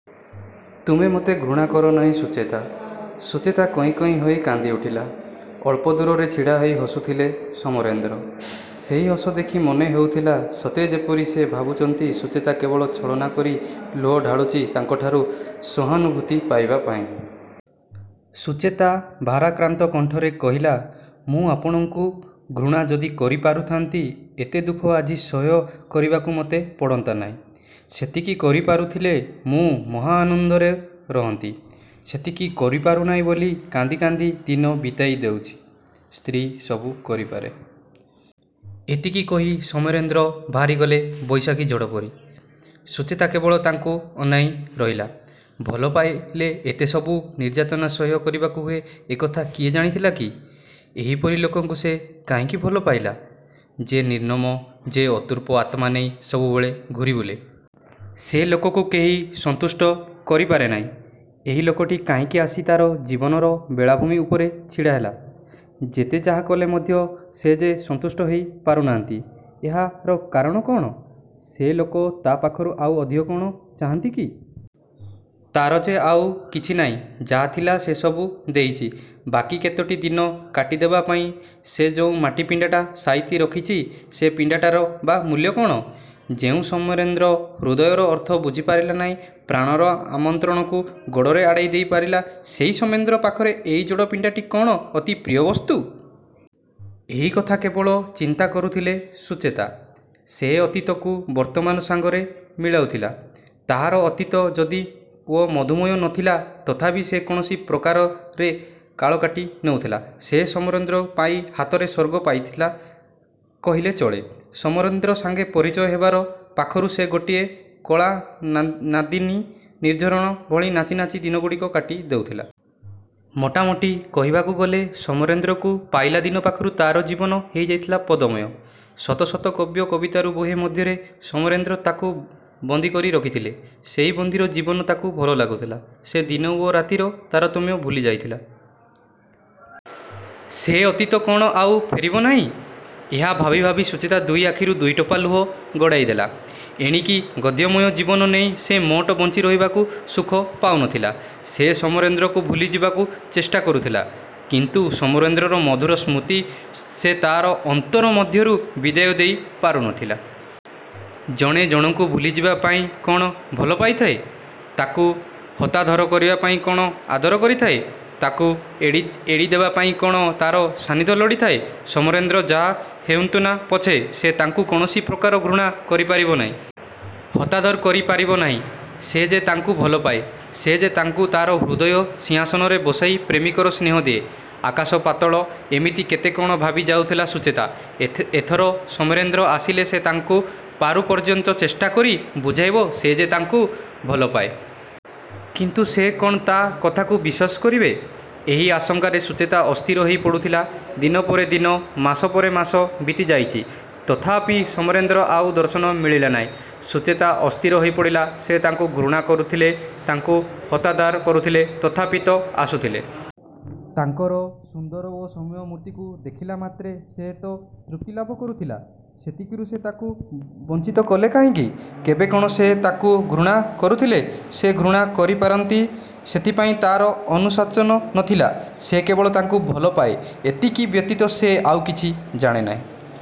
ତୁମେ ମୋତେ ଘୃଣା କରନାହିଁ ସୁଚେତା? '' ସୁଚେତା କଇଁ କଇଁ ହୋଇ କାନ୍ଦିଉଠିଲା। ଅଳ୍ପ ଦୂରରେ ଛିଡ଼ାହୋଇ ହସୁଥିଲେ ସମରେନ୍ଦ୍ର। ସେହି ହସ ଦେଖି ମନେହେଉଥିଲା ସତେ ଯେପରି ସେ ଭାବୁଛନ୍ତି ସୁଚେତା କେବଳ ଛଳନା କରି ଲୁହ ଢାଳୁଛି ତାଙ୍କଠାରୁ ସହାନୁଭୂତି ପାଇବା ପାଇଁ। ସୁଚେତା ଭାରାକ୍ରାନ୍ତ କଣ୍ଠରେ କହିଲା ''ମୁଁ ଆପଣଙ୍କୁ ଘୃଣା ଯଦି କରିପାରୁଥାନ୍ତି ଏତେ ଦୁଃଖ ଆଜି ସହ୍ୟ କରିବାକୁ ମୋତେ ପଡ଼ନ୍ତା ନାହିଁ। ସେତିକି କରିପାରୁଥିଲେ ମୁଁ ମହାଆନନ୍ଦରେ ରହନ୍ତି। ସେତିକି କରିପାରୁନାହିଁ ବୋଲି କାନ୍ଦି କାନ୍ଦି ଦିନ ବିତାଇ ଦେଉଛି। ''ସ୍ତ୍ରୀ ସବୁ କରିପାରେ। '' ଏତିକି କହି ସମରେନ୍ଦ୍ର ବାହାରିଗଲେ ବୈଶାଖୀ ଝଡ଼ ପରି। ସୁଚେତା କେବଳ ତାଙ୍କୁ ଅନାଇ ରହିଲା। ଭଲ ପାଇଲେ ଏତେ ସବୁ ନିର୍ଯ୍ୟାତନା ସହ୍ୟ କରିବାକୁ ହୁଏ ଏକଥା କିଏ ଜାଣିଥିଲା କି-? ଏହିପରି ଲୋକକୁ ସେ କାହିଁକି ଭଲପାଇଲା? ଯେ ନିର୍ମମ ଯେ ଅତୃପ୍ତ ଆତ୍ମା ନେଇ ସବୁବେଳେ ଘୂରିବୁଲେ। ସେ ଲୋକକୁ କେହି ସନ୍ତୁଷ୍ଟ କରିପାରେ ନାହିଁ। ଏହି ଲୋକଟି କାହିଁକି ଆସି ତା'ର ଜୀବନର ବେଳାଭୂମି ଉପରେ ଛିଡ଼ାହେଲା? ଯେତେ ଯାହାକଲେ ମଧ୍ୟ ସେ ଯେ ସନ୍ତୁଷ୍ଟ ହୋଇ ପାରୁନାହାନ୍ତି ଏହାର କାରଣ କ'ଣ? ସେ ଲୋକ ତା' ପାଖରୁ ଆଉ ଅଧିକ କ'ଣ ଚାହାଁନ୍ତି କି? ତା'ର ଯେ ଆଉ କିଛିନାହିଁ। ଯାହାଥିଲା ସେ ସବୁ ଦେଇଛି। ବାକି କେତୋଟି ଦିନ କାଟିଦେବା ପାଇଁ ସେ ଯେଉଁ ମାଟି ପିଣ୍ଡଟା ସାଇତି ରଖିଛି ସେ ପିଣ୍ଡଟାର ବା ମୂଲ୍ୟ କ'ଣ? ଯେଉଁ ସମରେନ୍ଦ୍ର ହୃଦୟର ଅର୍ଥ ବୁଝି ପାରିଲେ ନାହିଁ, ପ୍ରାଣର ଆମନ୍ତ୍ରଣକୁ ଗୋଡ଼ରେ ଆଡ଼େଇ ଦେଇ ପାରିଲେ ସେହି ସମରେନ୍ଦ୍ର ପାଖରେ ଏହି ଜଡ଼ ପିଣ୍ଡଟା କ'ଣ ଅତି ପ୍ରିୟବସ୍ତୁ? ଏହି କଥା କେବଳ ଚିନ୍ତା କରୁଥିଲା ସୁଚେତା। ସେ ଅତୀତକୁ ବର୍ତ୍ତମାନ ସାଙ୍ଗରେ ମିଳାଉଥିଲା। ତାହାର ଅତୀତ ଯଦିଓ ମଧୁମୟ ନ ଥିଲା ତଥାପି ସେ କୌଣସି ପ୍ରକାରେ କାଳକାଟି ନେଉଥିଲା। ସେ ସମରେନ୍ଦ୍ରକୁ ପାଇ ହାତରେ ସ୍ୱର୍ଗ ପାଇଥିଲା କହିଲେ ଚଳେ। ସମରେନ୍ଦ୍ର ସଙ୍ଗେ ପରିଚୟ ହେବା ପାଖରୁ ସେ ଗୋଟିଏ କଳନାଦିନୀ ନିର୍ଝରିଣୀ ଭଳି ନାଚି ନାଚି ଦିନଗୁଡ଼ିକ କାଟି ଦେଉଥିଲା। ମୋଟାମୋଟି କହିବାକୁ ଗଲେ ସମରେନ୍ଦ୍ରକୁ ପାଇଲା ଦିନ ପାଖରୁ ତା'ର ଜୀବନ ହୋଇଯାଇଥିଲା ପଦ୍ୟମୟ। ଶତ ଶତ କାବ୍ୟ କବିତାର ବ୍ୟୁହ ମଧ୍ୟରେ ସମରେନ୍ଦ୍ର ତାକୁ ବନ୍ଦୀକରି ରଖିଥିଲେ। ସେହି ବନ୍ଦୀର ଜୀବନ ତାକୁ ଭଲ ଲାଗୁଥିଲା। ସେ ଦିନ ଓ ରାତିର ତାରତମ୍ୟ ଭୁଲି ଯାଇଥିଲା। ସେ ଅତୀତ କ'ଣ ଆଉ ଫେରିବ ନାହିଁ? ଏହା ଭାବି ଭାବି ସୁଚେତା ଦୁଇ ଆଖିରୁ ଦୁଇ ଟୋପା ଲୁହ ଗଡ଼ାଇ ଦେଲା। ଏଣିକି ଗଦ୍ୟମୟ ଜୀବନ ନେଇ ସେ ମୋଟେ ବଞ୍ଚିରହିବାକୁ ସୁଖ ପାଉନଥିଲା। ସେ ସମରେନ୍ଦ୍ରକୁ ଭୁଲି ଯିବାକୁ ଚେଷ୍ଟା କରୁଥିଲା; କିନ୍ତୁ ସମରେନ୍ଦ୍ରର ମଧୁର ସ୍ମୃତିକୁ ସେ ତା'ର ଅନ୍ତର ମଧ୍ୟରୁ ବିଦାୟ ଦେଇ ପାରୁନଥିଲା। ଜଣେ ଜଣକୁ ଭୁଲି ଯିବା ପାଇଁ କ'ଣ ଭଲ ପାଇଥାଏ? ତାକୁ ହତାଦର କରିବା ପାଇଁ କ'ଣ ଆଦର କରିଥାଏ? ତାକୁ ଏଡ଼ିଦେବା ପାଇଁ କ'ଣ ତା'ର ସାନିଧ୍ୟ ଲୋଡ଼ିଥାଏ? ସମରେନ୍ଦ୍ର ଯାହା ହେଉନ୍ତୁନା ପଛେ ସେ ତାଙ୍କୁ କୌଣସି ପ୍ରକାରେ ଘୃଣା କରିପାରିବ ନାହିଁ। ହତାଦର କରିପାରିବ ନାହିଁ। ସେ ଯେ ତାଙ୍କୁ ଭଲପାଏ। ସେ ଯେ ତାଙ୍କୁ ତା'ର ହୃଦୟ ସିଂହାସନରେ ବସାଇ ପ୍ରେମିକର ସ୍ନେହ ଦିଏ। ଆକାଶ, ପାତାଳ ଏମିତି କେତେ କ'ଣ ଭାବିଯାଉଥିଲା ସୁଚେତା। ଏଥର ସମରେନ୍ଦ୍ର ଆସିଲେ ସେ ତାଙ୍କୁ ପାରୁପର୍ଯ୍ୟନ୍ତ ଚେଷ୍ଟାକରି ବୁଝାଇବ ଯେ ସେ ତାଙ୍କୁ ଭଲପାଏ। କିନ୍ତୁ ସେ କ'ଣ ତା' କଥାକୁ ବିଶ୍ୱାସ କରିବେ? ଏହି ଆଶଙ୍କାରେ ସୁଚେତା ଅସ୍ଥିର ହୋଇପଡ଼ୁଥିଲା। ଦିନ ପରେ ଦିନ, ମାସ ପରେ ମାସ ବିତିଯାଇଛି। ତଥାପି ସମରେନ୍ଦ୍ରର ଆଉ ଦର୍ଶନ ମିଳିଲା ନାହିଁ। ସୁଚେତା ଅସ୍ଥିର ହୋଇପଡ଼ିଲା। ସେ ତାକୁ ଘୃଣା କରୁଥିଲେ, ତାକୁ ହତାଦର କରୁଥିଲେ, ତଥାପି ତ ଆସୁଥିଲେ। ତାଙ୍କର ସୁନ୍ଦର ଓ ସୌମ୍ୟ ମୂର୍ତ୍ତିକୁ ଦେଖିଲାମାତ୍ରେ ସେ ତ ତୃପ୍ତିଲାଭ କରୁଥିଲା। ସେତିକିରୁ ସେ ତାକୁ ବଞ୍ଚିତ କଲେ କାହିଁକି? କେବେ କ'ଣ ସେ ତାକୁ ଘୃଣା କରୁଥିଲେ? ସେ ଘୃଣା କରିପାରନ୍ତି, ସେଥିପାଇଁ ତା'ର ଅନୁଶୋଚନା ନ ଥିଲା। ସେ କେବଳ ତାଙ୍କୁ ଭଲପାଏ, ଏତିକି ବ୍ୟତୀତ ସେ ଆଉ କିଛି ଜାଣେ ନାହିଁ।